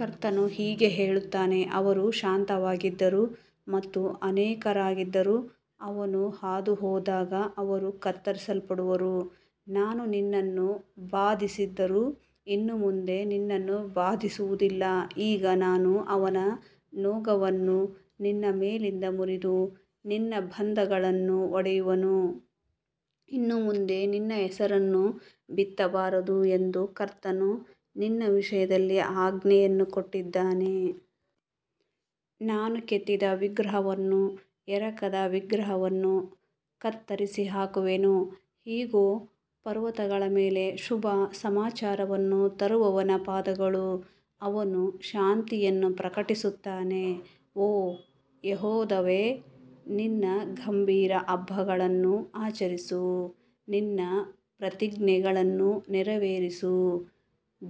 ಕರ್ತನು ಹೀಗೆ ಹೇಳುತ್ತಾನೆ, ಅವರು ಶಾಂತವಾಗಿದ್ದರೂ ಮತ್ತು ಅನೇಕರಾಗಿದ್ದರೂ, ಅವನು ಹಾದುಹೋದಾಗ ಅವರು ಕತ್ತರಿಸಲ್ಪಡುವರು. ನಾನು ನಿನ್ನನ್ನು ಬಾಧಿಸಿದ್ದರೂ ಇನ್ನು ಮುಂದೆ ನಿನ್ನನ್ನು ಬಾಧಿಸುವುದಿಲ್ಲ. ಈಗ ನಾನು ಅವನ ನೊಗವನ್ನು ನಿನ್ನ ಮೇಲಿಂದ ಮುರಿದು ನಿನ್ನ ಬಂಧಗಳನ್ನು ಒಡೆಯುವೆನು. ಇನ್ನು ಮುಂದೆ ನಿನ್ನ ಹೆಸರನ್ನು ಬಿತ್ತಬಾರದು ಎಂದು ಕರ್ತನು ನಿನ್ನ ವಿಷಯದಲ್ಲಿ ಆಜ್ಞೆಯನ್ನು ಕೊಟ್ಟಿದ್ದಾನೆ. ನಾನು ಕೆತ್ತಿದ ವಿಗ್ರಹವನ್ನೂ ಎರಕದ ವಿಗ್ರಹವನ್ನೂ ಕತ್ತರಿಸಿಹಾಕುವೆನು. ಇಗೋ, ಪರ್ವತಗಳ ಮೇಲೆ ಶುಭ ಸಮಾಚಾರವನ್ನು ತರುವವನ ಪಾದಗಳು, ಅವನು ಶಾಂತಿಯನ್ನು ಪ್ರಕಟಿಸುತ್ತಾನೆ. ಓ ಯೆಹೂದವೇ, ನಿನ್ನ ಗಂಭೀರ ಹಬ್ಬಗಳನ್ನು ಆಚರಿಸು, ನಿನ್ನ ಪ್ರತಿಜ್ಞೆಗಳನ್ನು ನೆರವೇರಿಸು.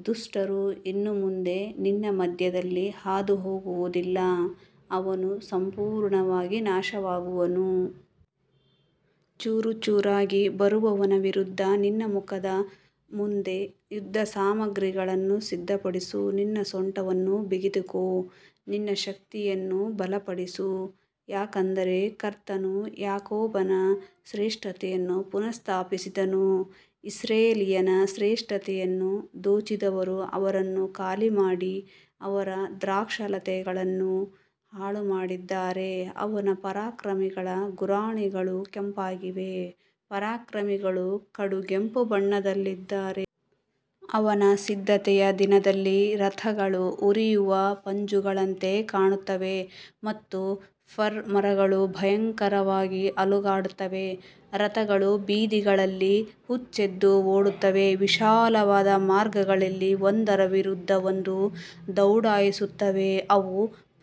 ದುಷ್ಟರು ಇನ್ನು ಮುಂದೆ ನಿನ್ನ ಮಧ್ಯದಲ್ಲಿ ಹಾದುಹೋಗುವುದಿಲ್ಲ, ಅವನು ಸಂಪೂರ್ಣವಾಗಿ ನಾಶವಾಗುವನು. ಚೂರುಚೂರಾಗಿ ಬರುವವನ ವಿರುದ್ಧ ನಿನ್ನ ಮುಖದ ಮುಂದೆ ಯುದ್ಧಸಾಮಗ್ರಿಗಳನ್ನು ಸಿದ್ಧಪಡಿಸು, ನಿನ್ನ ಸೊಂಟವನ್ನು ಬಿಗಿದುಕೋ, ನಿನ್ನ ಶಕ್ತಿಯನ್ನು ಬಲಪಡಿಸು. ಯಾಕಂದರೆ ಕರ್ತನು ಯಾಕೋಬನ ಶ್ರೇಷ್ಠತೆಯನ್ನು ಪುನಃಸ್ಥಾಪಿಸಿದನು, ಇಸ್ರಾಯೇಲಿನ ಶ್ರೇಷ್ಠತೆಯನ್ನು ದೋಚಿದವರು ಅವರನ್ನು ಖಾಲಿಮಾಡಿ ಅವರ ದ್ರಾಕ್ಷಾಲತೆಗಳನ್ನು ಹಾಳುಮಾಡಿದ್ದಾರೆ. ಅವನ ಪರಾಕ್ರಮಿಗಳ ಗುರಾಣಿಗಳು ಕೆಂಪಾಗಿವೆ, ಪರಾಕ್ರಮಿಗಳು ಕಡುಗೆಂಪು ಬಣ್ಣದಲ್ಲಿದ್ದಾರೆ. ಅವನ ಸಿದ್ಧತೆಯ ದಿನದಲ್ಲಿ ರಥಗಳು ಉರಿಯುವ ಪಂಜುಗಳಂತೆ ಕಾಣುತ್ತವೆ ಮತ್ತು ಫರ್ ಮರಗಳು ಭಯಂಕರವಾಗಿ ಅಲುಗಾಡುತ್ತವೆ. ರಥಗಳು ಬೀದಿಗಳಲ್ಲಿ ಹುಚ್ಚೆದ್ದು ಓಡುತ್ತವೆ, ವಿಶಾಲವಾದ ಮಾರ್ಗಗಳಲ್ಲಿ ಒಂದರ ವಿರುದ್ಧ ಒಂದು ದೌಡಾಯಿಸುತ್ತವೆ. ಅವು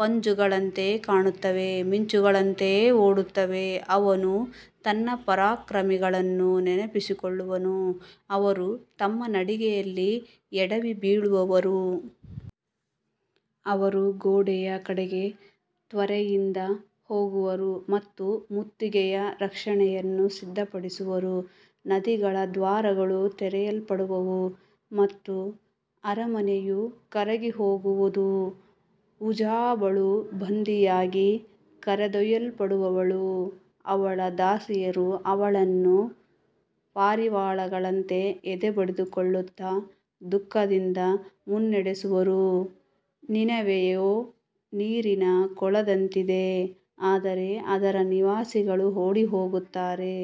ಪಂಜುಗಳಂತೆ ಕಾಣುತ್ತವೆ, ಮಿಂಚುಗಳಂತೆ ಓಡುತ್ತವೆ. ಅವನು ತನ್ನ ಪರಾಕ್ರಮಿಗಳನ್ನು ನೆನಪಿಸಿಕೊಳ್ಳುವನು, ಅವರು ತಮ್ಮ ನಡಿಗೆಯಲ್ಲಿ ಎಡವಿಬೀಳುವರು. ಅವರು ಗೋಡೆಯ ಕಡೆಗೆ ತ್ವರೆಯಿಂದ ಹೋಗುವರು ಮತ್ತು ಮುತ್ತಿಗೆಯ ರಕ್ಷಣೆಯನ್ನು ಸಿದ್ಧಪಡಿಸುವರು. ನದಿಗಳ ದ್ವಾರಗಳು ತೆರೆಯಲ್ಪಡುವವು ಮತ್ತು ಅರಮನೆಯು ಕರಗಿಹೋಗುವುದು. ಹುಝಾಬಳು ಬಂಧಿಯಾಗಿ ಕರೆದೊಯ್ಯಲ್ಪಡುವಳು, ಅವಳ ದಾಸಿಯರು ಅವಳನ್ನು ಪಾರಿವಾಳಗಳಂತೆ ಎದೆ ಬಡಿದುಕೊಳ್ಳುತ್ತಾ ದುಃಖದಿಂದ ಮುನ್ನಡೆಸುವರು. ನಿನೆವೆಯು ನೀರಿನ ಕೊಳದಂತಿದೆ, ಆದರೆ ಅದರ ನಿವಾಸಿಗಳು ಓಡಿಹೋಗುತ್ತಾರೆ.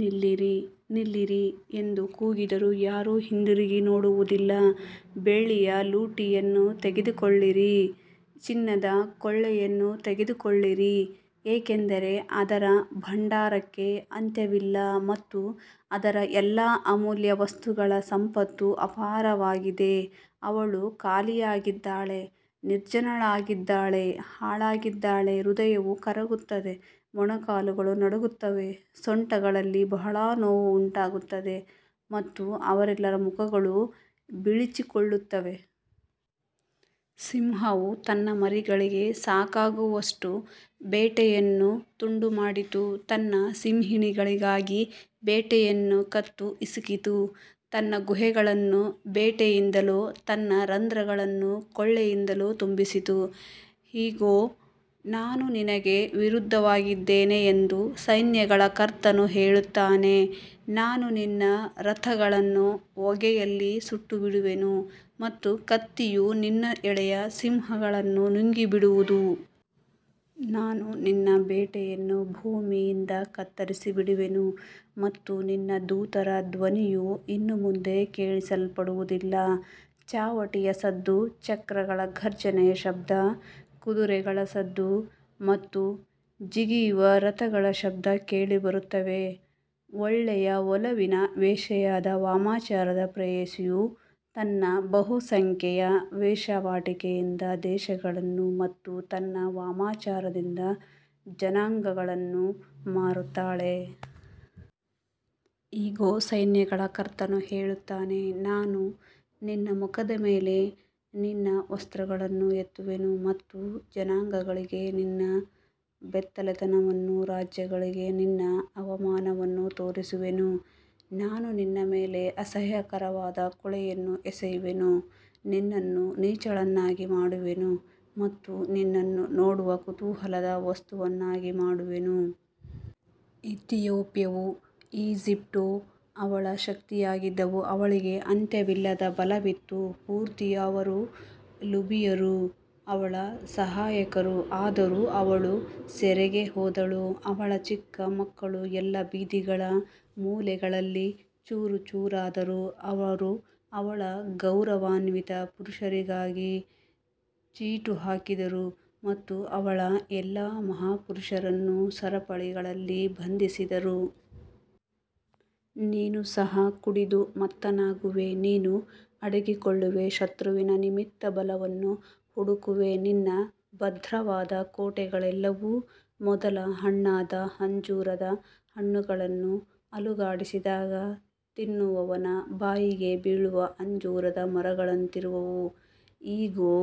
ನಿಲ್ಲಿರಿ, ನಿಲ್ಲಿರಿ ಎಂದು ಕೂಗಿದರೂ ಯಾರೂ ಹಿಂದಿರುಗಿ ನೋಡುವುದಿಲ್ಲ. ಬೆಳ್ಳಿಯ ಲೂಟಿಯನ್ನು ತೆಗೆದುಕೊಳ್ಳಿರಿ, ಚಿನ್ನದ ಕೊಳ್ಳೆಯನ್ನು ತೆಗೆದುಕೊಳ್ಳಿರಿ, ಏಕೆಂದರೆ ಅದರ ಭಂಡಾರಕ್ಕೆ ಅಂತ್ಯವಿಲ್ಲ ಮತ್ತು ಅದರ ಎಲ್ಲಾ ಅಮೂಲ್ಯ ವಸ್ತುಗಳ ಸಂಪತ್ತು ಅಪಾರವಾಗಿದೆ. ಅವಳು ಖಾಲಿಯಾಗಿದ್ದಾಳೆ, ನಿರ್ಜನಳಾಗಿದ್ದಾಳೆ, ಹಾಳಾಗಿದ್ದಾಳೆ. ಹೃದಯವು ಕರಗುತ್ತದೆ, ಮೊಣಕಾಲುಗಳು ನಡುಗುತ್ತವೆ, ಸೊಂಟಗಳಲ್ಲಿ ಬಹಳ ನೋವು ಉಂಟಾಗುತ್ತದೆ ಮತ್ತು ಅವರೆಲ್ಲರ ಮುಖಗಳು ಬಿಳಿಚಿಕೊಳ್ಳುತ್ತವೆ. ಸಿಂಹವು ತನ್ನ ಮರಿಗಳಿಗೆ ಸಾಕಾಗುವಷ್ಟು ಬೇಟೆಯನ್ನು ತುಂಡುಮಾಡಿತು, ತನ್ನ ಸಿಂಹಿಣಿಗಳಿಗಾಗಿ ಬೇಟೆಯನ್ನು ಕತ್ತು ಹಿಸುಕಿತು, ತನ್ನ ಗುಹೆಗಳನ್ನು ಬೇಟೆಯಿಂದಲೂ ತನ್ನ ರಂಧ್ರಗಳನ್ನು ಕೊಳ್ಳೆಯಿಂದಲೂ ತುಂಬಿಸಿತು. ಇಗೋ, ನಾನು ನಿನಗೆ ವಿರುದ್ಧವಾಗಿದ್ದೇನೆ ಎಂದು ಸೈನ್ಯಗಳ ಕರ್ತನು ಹೇಳುತ್ತಾನೆ. ನಾನು ನಿನ್ನ ರಥಗಳನ್ನು ಹೊಗೆಯಲ್ಲಿ ಸುಟ್ಟುಬಿಡುವೆನು ಮತ್ತು ಕತ್ತಿಯು ನಿನ್ನ ಎಳೆಯ ಸಿಂಹಗಳನ್ನು ನುಂಗಿಬಿಡುವುದು. ನಾನು ನಿನ್ನ ಬೇಟೆಯನ್ನು ಭೂಮಿಯಿಂದ ಕತ್ತರಿಸಿಬಿಡುವೆನು ಮತ್ತು ನಿನ್ನ ದೂತರ ಧ್ವನಿಯು ಇನ್ನು ಮುಂದೆ ಕೇಳಿಸಲ್ಪಡುವುದಿಲ್ಲ. ಚಾವಟಿಯ ಸದ್ದು, ಚಕ್ರಗಳ ಘರ್ಜನೆಯ ಶಬ್ದ, ಕುದುರೆಗಳ ಸದ್ದು ಮತ್ತು ಜಿಗಿಯುವ ರಥಗಳ ಶಬ್ದ ಕೇಳಿಬರುತ್ತವೆ. ಒಳ್ಳೆಯ ಒಲವಿನ ವೇಶ್ಯೆಯಾದ ವಾಮಾಚಾರದ ಪ್ರೇಯಸಿಯು ತನ್ನ ಬಹುಸಂಖ್ಯೆಯ ವೇಶ್ಯಾವಾಟಿಕೆಯಿಂದ ದೇಶಗಳನ್ನು ಮತ್ತು ತನ್ನ ವಾಮಾಚಾರದಿಂದ ಜನಾಂಗಗಳನ್ನು ಮಾರುತ್ತಾಳೆ. ಇಗೋ, ಸೈನ್ಯಗಳ ಕರ್ತನು ಹೇಳುತ್ತಾನೆ, ನಾನು ನಿನ್ನ ಮುಖದ ಮೇಲೆ ನಿನ್ನ ವಸ್ತ್ರಗಳನ್ನು ಎತ್ತುವೆನು ಮತ್ತು ಜನಾಂಗಗಳಿಗೆ ನಿನ್ನ ಬೆತ್ತಲೆತನವನ್ನೂ ರಾಜ್ಯಗಳಿಗೆ ನಿನ್ನ ಅವಮಾನವನ್ನೂ ತೋರಿಸುವೆನು. ನಾನು ನಿನ್ನ ಮೇಲೆ ಅಸಹ್ಯಕರವಾದ ಕೊಳೆಯನ್ನು ಎಸೆಯುವೆನು, ನಿನ್ನನ್ನು ನೀಚಳನ್ನಾಗಿ ಮಾಡುವೆನು ಮತ್ತು ನಿನ್ನನ್ನು ನೋಡುವ ಕುತೂಹಲದ ವಸ್ತುವನ್ನಾಗಿ ಮಾಡುವೆನು. ಇಥಿಯೋಪ್ಯವೂ ಈಜಿಪ್ಟೂ ಅವಳ ಶಕ್ತಿಯಾಗಿದ್ದವು, ಅವಳಿಗೆ ಅಂತ್ಯವಿಲ್ಲದ ಬಲವಿತ್ತು. ಪೂರ್ತಿಯವರೂ ಲೂಬಿಯರೂ ಅವಳ ಸಹಾಯಕರು. ಆದರೂ ಅವಳು ಸೆರೆಗೆ ಹೋದಳು, ಅವಳ ಚಿಕ್ಕ ಮಕ್ಕಳು ಎಲ್ಲಾ ಬೀದಿಗಳ ಮೂಲೆಗಳಲ್ಲಿ ಚೂರುಚೂರಾದರು. ಅವರು ಅವಳ ಗೌರವಾನ್ವಿತ ಪುರುಷರಿಗಾಗಿ ಚೀಟು ಹಾಕಿದರು ಮತ್ತು ಅವಳ ಎಲ್ಲಾ ಮಹಾಪುರುಷರನ್ನು ಸರಪಳಿಗಳಲ್ಲಿ ಬಂಧಿಸಿದರು. ನೀನೂ ಸಹ ಕುಡಿದು ಮತ್ತನಾಗುವೆ, ನೀನು ಅಡಗಿಕೊಳ್ಳುವೆ, ಶತ್ರುವಿನ ನಿಮಿತ್ತ ಬಲವನ್ನು ಹುಡುಕುವೆ. ನಿನ್ನ ಭದ್ರವಾದ ಕೋಟೆಗಳೆಲ್ಲವೂ ಮೊದಲ ಹಣ್ಣಾದ ಅಂಜೂರದ ಹಣ್ಣುಗಳನ್ನು ಅಲುಗಾಡಿಸಿದಾಗ ತಿನ್ನುವವನ ಬಾಯಿಗೆ ಬೀಳುವ ಅಂಜೂರದ ಮರಗಳಂತಿರುವವು. ಇಗೋ,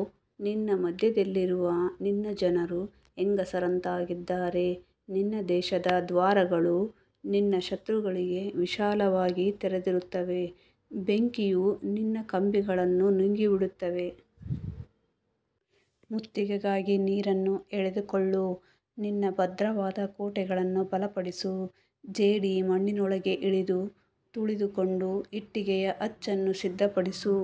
ನಿನ್ನ ಮಧ್ಯದಲ್ಲಿರುವ ನಿನ್ನ ಜನರು ಹೆಂಗಸರಂತಾಗಿದ್ದಾರೆ. ನಿನ್ನ ದೇಶದ ದ್ವಾರಗಳು ನಿನ್ನ ಶತ್ರುಗಳಿಗೆ ವಿಶಾಲವಾಗಿ ತೆರೆದಿರುತ್ತವೆ, ಬೆಂಕಿಯು ನಿನ್ನ ಕಂಬಿಗಳನ್ನು ನುಂಗಿಬಿಡುತ್ತದೆ. ಮುತ್ತಿಗೆಗಾಗಿ ನೀರನ್ನು ಎಳೆದುಕೊಳ್ಳು, ನಿನ್ನ ಭದ್ರವಾದ ಕೋಟೆಗಳನ್ನು ಬಲಪಡಿಸು. ಜೇಡಿಮಣ್ಣಿನೊಳಗೆ ಇಳಿದು ತುಳಿದುಕೊಂಡು ಇಟ್ಟಿಗೆಯ ಅಚ್ಚನ್ನು ಸಿದ್ಧಪಡಿಸು.